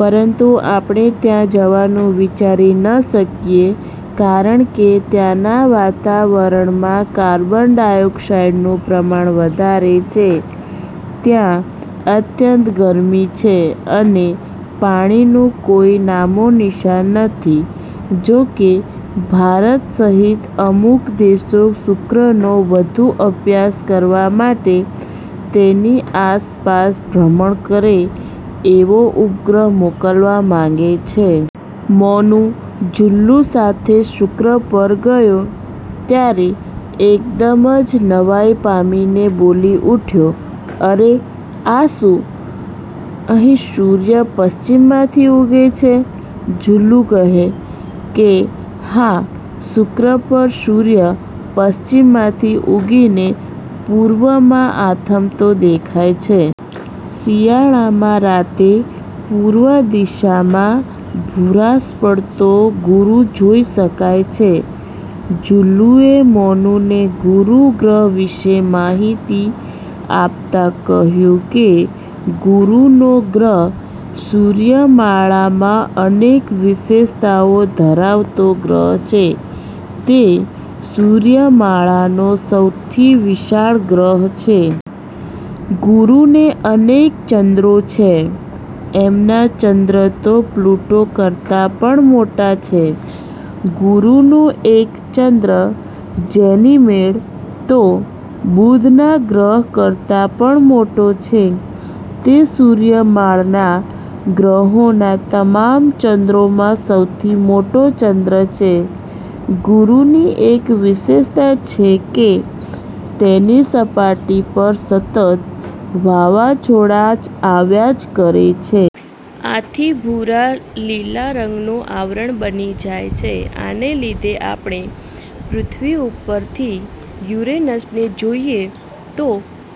પરંતુ આપણે ત્યાં જવાનું વિચારી ન શકીએ કારણકે ત્યાંના વાતાવરણમાં કાર્બન ડાયોકસાઈડનું પ્રમાણ વધારે છે. ત્યાં અત્યંત ગરમી છે અને પાણીનું કોઈ નામોનિશાન નથી. જો કે ભારત સહીત અમુક દેશો શુક્રનો વધુ અભ્યાસ કરવા માટે એની આસપાસ ભ્રમણ કરે એવો ઉપગ્રહ મોકલવા માંગે છે. મોનુ જુલ્લુ સાથે શુક્ર પર ગયો ત્યારે એકદમ જ નવાઈ પામીને બોલી ઉઠ્યો, "અરે આ શું? અહીં સૂર્ય પશ્ચિમમાંથી ઉગે છે? " જુલ્લુ કહે કે, "હા, શુક્ર પર સૂર્ય પશ્ચિમમાંથી ઉગીને પૂર્વમાં આથમતો દેખાય છે". શિયાળામાં રાતે પૂર્વ દિશામાં ભૂરાશ પડતો ગુરુ જોઈ શકાય છે. જુલ્લુએ મોનુને ગુરુ ગ્રહ વિષે વિશેષ માહિતી આપતાં કહ્યું કે ગુરુનો ગ્રહ સૂર્યમાળામાં અનેક વિશેષતાઓ ધરાવતો ગ્રહ છે. તે સૂર્યમાળાનો સૌથી વિશાળ ગ્રહ છે. ગુરુને અનેક ચંદ્રો છે. એમના ચંદ્ર તો પ્લુટો કરતાં પણ મોટા છે. ગુરુનો એક ચંદ્ર "જેનીમેડ" તો બુધના ગ્રહ કરતાં પણ મોટો છે. તે સૂર્યમાળાના ગ્રહોના તમામ ચંદ્રોમાં સૌથી મોટો ચંદ્ર છે. ગુરુની એક વિશેષતા એ છે કે તેની સપાટી પર સતત વાવાઝોડા આવ્યા જ કરે છે. આથી ભૂરા-લીલા રંગનું આવરણ બની જાય છે. આને લીધે આપણે પૃથ્વી ઉપરથી યુરેનસને જોઈએ તો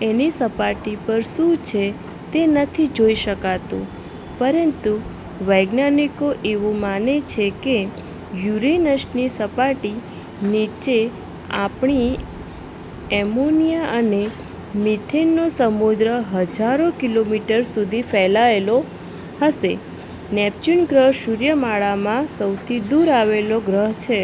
એની સપાટી પર શું છે તે નથી જોઈ શકાતું. પરંતુ વૈજ્ઞાનિકો એવું માને છે કે યુરેનસની સપાટી નીચે પાણી, એમોનીયા અને મીથેનનો સમુદ્ર હજારો કિલોમીટર સુધી ફેલાયેલો હશે. નેપ્ટયુન ગ્રહ સૂર્યમાળામાં સૌથી દુર આવેલો ગ્રહ છે.